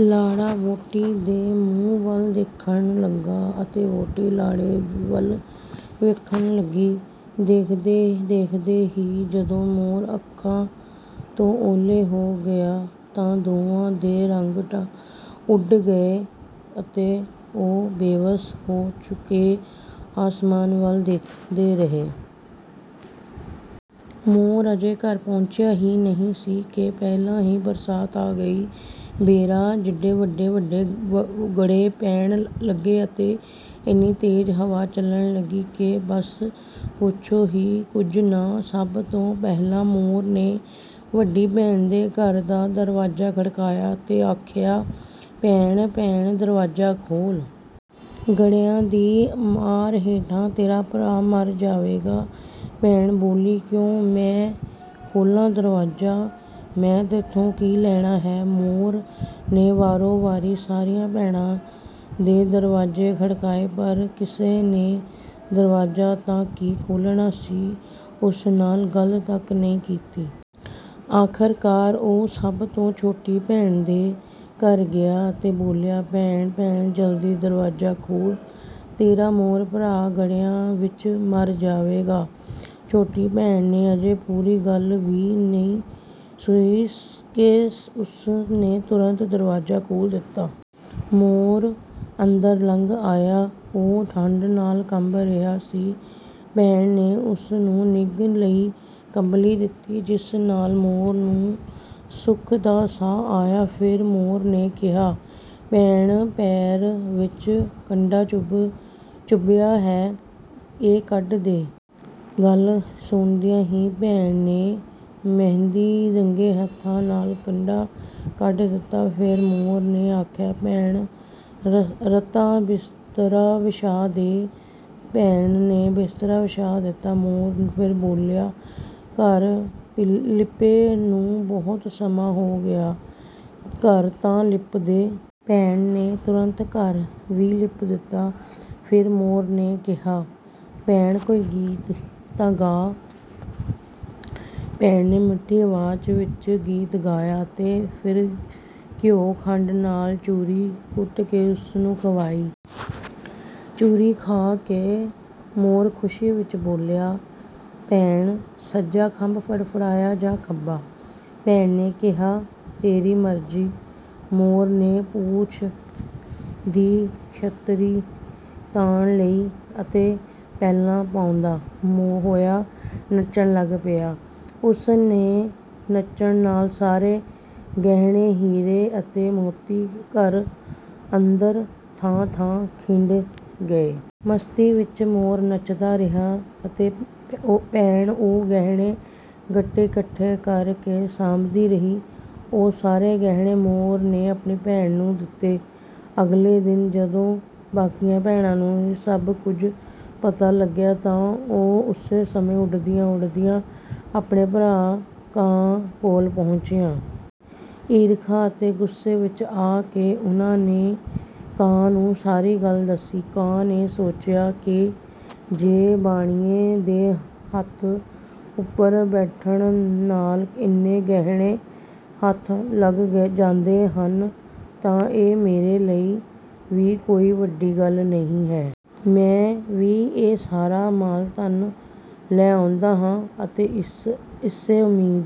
ਲਾੜਾ ਵਹੁਟੀ ਦੇ ਮੂੰਹ ਵੱਲ ਦੇਖਣ ਲੱਗਾ ਅਤੇ ਵਹੁਟੀ ਲਾੜੇ ਵੱਲ ਦੇਖਣ ਲੱਗੀ। ਦੇਖਦੇ-ਦੇਖਦੇ ਹੀ ਜਦੋਂ ਮੋਰ ਅੱਖਾਂ ਤੋਂ ਓਹਲੇ ਹੋ ਗਿਆ ਤਾਂ ਦੋਵਾਂ ਦੇ ਰੰਗ ਉੱਡ ਗਏ ਅਤੇ ਉਹ ਬੇਵਸ ਹੋ ਕੇ ਆਸਮਾਨ ਵੱਲ ਦੇਖਦੇ ਰਹੇ। ਮੋਰ ਅਜੇ ਘਰ ਪਹੁੰਚਿਆ ਹੀ ਨਹੀਂ ਸੀ ਕਿ ਪਹਿਲਾਂ ਹੀ ਬਰਸਾਤ ਆ ਗਈ। ਬੇਰਾਂ ਜਿੱਡੇ-ਜਿੱਡੇ ਵੱਡੇ ਗੜੇ ਪੈਣ ਲੱਗੇ ਅਤੇ ਇੰਨੀ ਤੇਜ਼ ਹਵਾ ਚੱਲਣ ਲੱਗੀ ਕਿ ਬੱਸ ਪੁੱਛੋ ਹੀ ਕੁਝ ਨਾ। ਸਭ ਤੋਂ ਪਹਿਲਾਂ ਮੋਰ ਨੇ ਵੱਡੀ ਭੈਣ ਦੇ ਘਰ ਦਾ ਦਰਵਾਜ਼ਾ ਖੜਕਾਇਆ ਅਤੇ ਆਖਿਆ, "ਭੈਣ, ਭੈਣ, ਦਰਵਾਜ਼ਾ ਖੋਲ੍ਹ! ਗੜਿਆਂ ਦੀ ਮਾਰ ਹੇਠਾਂ ਤੇਰਾ ਭਰਾ ਮਰ ਜਾਵੇਗਾ।" ਭੈਣ ਬੋਲੀ, "ਕਿਉਂ? ਮੈਂ ਕਿਉਂ ਖੋਲ੍ਹਾਂ ਦਰਵਾਜ਼ਾ? ਮੈਂ ਤੈਥੋਂ ਕੀ ਲੈਣਾ ਹੈ?" ਮੋਰ ਨੇ ਵਾਰੋ-ਵਾਰੀ ਸਾਰੀਆਂ ਭੈਣਾਂ ਦੇ ਦਰਵਾਜ਼ੇ ਖੜਕਾਏ, ਪਰ ਕਿਸੇ ਨੇ ਦਰਵਾਜ਼ਾ ਤਾਂ ਕੀ ਖੋਲ੍ਹਣਾ ਸੀ, ਉਸ ਨਾਲ ਗੱਲ ਤੱਕ ਨਹੀਂ ਕੀਤੀ। ਆਖ਼ਰਕਾਰ ਉਹ ਸਭ ਤੋਂ ਛੋਟੀ ਭੈਣ ਦੇ ਘਰ ਗਿਆ ਅਤੇ ਬੋਲਿਆ, "ਭੈਣ-ਭੈਣ, ਜਲਦੀ ਦਰਵਾਜ਼ਾ ਖੋਲ੍ਹ, ਤੇਰਾ ਮੋਰ ਭਰਾ ਗੜਿਆਂ ਵਿੱਚ ਮਰ ਜਾਵੇਗਾ।" ਛੋਟੀ ਭੈਣ ਨੇ ਅਜੇ ਪੂਰੀ ਗੱਲ ਸੁਣੀ ਵੀ ਨਹੀਂ ਸੀ ਕਿ ਉਸ ਨੇ ਤੁਰੰਤ ਦਰਵਾਜ਼ਾ ਖੋਲ੍ਹ ਦਿੱਤਾ। ਮੋਰ ਅੰਦਰ ਲੰਘ ਆਇਆ, ਉਹ ਠੰਢ ਨਾਲ ਕੰਬ ਰਿਹਾ ਸੀ। ਭੈਣ ਨੇ ਉਸ ਨੂੰ ਨਿੱਘ ਲਈ ਕੰਬਲੀ ਦਿੱਤੀ, ਜਿਸ ਨਾਲ ਮੋਰ ਨੂੰ ਸੁੱਖ ਦਾ ਸਾਹ ਆਇਆ। ਫਿਰ ਮੋਰ ਨੇ ਕਿਹਾ, "ਭੈਣ, ਪੈਰ ਵਿੱਚ ਕੰਡਾ ਚੁਭਿਆ ਹੈ, ਇਹ ਕੱਢ ਦੇ।" ਗੱਲ ਸੁਣਦਿਆਂ ਹੀ ਭੈਣ ਨੇ ਮਹਿੰਦੀ ਰੰਗੇ ਹੱਥਾਂ ਨਾਲ ਕੰਡਾ ਕੱਢ ਦਿੱਤਾ। ਫਿਰ ਮੋਰ ਨੇ ਆਖਿਆ, "ਭੈਣ, ਰਤਾ ਬਿਸਤਰਾ ਵਿਛਾ ਦੇ।" ਭੈਣ ਨੇ ਬਿਸਤਰਾ ਵਿਛਾ ਦਿੱਤਾ। ਮੋਰ ਫਿਰ ਬੋਲਿਆ, "ਘਰ ਲਿੱਪੇ ਨੂੰ ਬਹੁਤ ਸਮਾਂ ਹੋ ਗਿਆ ਹੈ, ਘਰ ਤਾਂ ਲਿੱਪ ਦੇ।" ਭੈਣ ਨੇ ਤੁਰੰਤ ਘਰ ਵੀ ਲਿੱਪ ਦਿੱਤਾ। ਫਿਰ ਮੋਰ ਨੇ ਕਿਹਾ, "ਭੈਣ, ਕੋਈ ਗੀਤ ਤਾਂ ਗਾ।" ਭੈਣ ਨੇ ਮਿੱਠੀ ਆਵਾਜ਼ ਵਿੱਚ ਗੀਤ ਗਾਇਆ ਅਤੇ ਫਿਰ ਘਿਓ-ਖੰਡ ਨਾਲ ਚੂਰੀ ਕੁੱਟ ਕੇ ਉਸ ਨੂੰ ਖਵਾਈ। ਚੂਰੀ ਖਾ ਕੇ ਮੋਰ ਖ਼ੁਸ਼ੀ ਵਿੱਚ ਬੋਲਿਆ, "ਭੈਣ, ਸੱਜਾ ਖੰਭ ਫੜਫੜਾਵਾਂ ਜਾਂ ਖੱਬਾ?" ਭੈਣ ਨੇ ਕਿਹਾ, "ਤੇਰੀ ਮਰਜ਼ੀ।" ਮੋਰ ਨੇ ਪੂਛ ਦੀ ਛਤਰੀ ਤਾਣ ਲਈ ਅਤੇ ਪੈਲਾਂ ਪਾਉਂਦਾ ਹੋਇਆ ਨੱਚਣ ਲੱਗ ਪਿਆ। ਉਸ ਦੇ ਨੱਚਣ ਨਾਲ ਸਾਰੇ ਗਹਿਣੇ, ਹੀਰੇ ਅਤੇ ਮੋਤੀ ਘਰ ਅੰਦਰ ਥਾਂ-ਥਾਂ ਖਿੰਡ ਗਏ। ਮਸਤੀ ਵਿੱਚ ਮੋਰ ਨੱਚਦਾ ਰਿਹਾ ਅਤੇ ਭੈਣ ਉਹ ਗਹਿਣੇ-ਗੱਟੇ ਇਕੱਠੇ ਕਰ ਕੇ ਸਾਂਭਦੀ ਰਹੀ। ਉਹ ਸਾਰੇ ਗਹਿਣੇ ਮੋਰ ਨੇ ਆਪਣੀ ਭੈਣ ਨੂੰ ਦੇ ਦਿੱਤੇ। ਅਗਲੇ ਦਿਨ ਜਦੋਂ ਬਾਕੀ ਭੈਣਾਂ ਨੂੰ ਇਸ ਸਭ ਕੁਝ ਦਾ ਪਤਾ ਲੱਗਾ ਤਾਂ ਉਹ ਉਸੇ ਸਮੇਂ ਉੱਡਦੀਆਂ-ਉੱਡਦੀਆਂ ਆਪਣੇ ਭਰਾ ਕਾਂ ਕੋਲ ਪਹੁੰਚੀਆਂ। ਈਰਖਾ ਅਤੇ ਗੁੱਸੇ ਵਿੱਚ ਆ ਕੇ ਉਨ੍ਹਾਂ ਨੇ ਕਾਂ ਨੂੰ ਸਾਰੀ ਗੱਲ ਦੱਸੀ। ਕਾਂ ਨੇ ਸੋਚਿਆ ਕਿ ਜੇ ਬਾਣੀਏ ਦੇ ਰੱਥ ਉੱਪਰ ਬੈਠਣ ਨਾਲ ਇੰਨੇ ਗਹਿਣੇ ਹੱਥ ਲੱਗ ਜਾਂਦੇ ਹਨ, ਤਾਂ ਇਹ ਮੇਰੇ ਲਈ ਵੀ ਕੋਈ ਵੱਡੀ ਗੱਲ ਨਹੀਂ ਹੈ। ਮੈਂ ਵੀ ਇਹ ਸਾਰਾ ਮਾਲ-ਧਨ ਲੈ ਆਉਂਦਾ ਹਾਂ, ਅਤੇ ਇਸੇ ਉਮੀਦ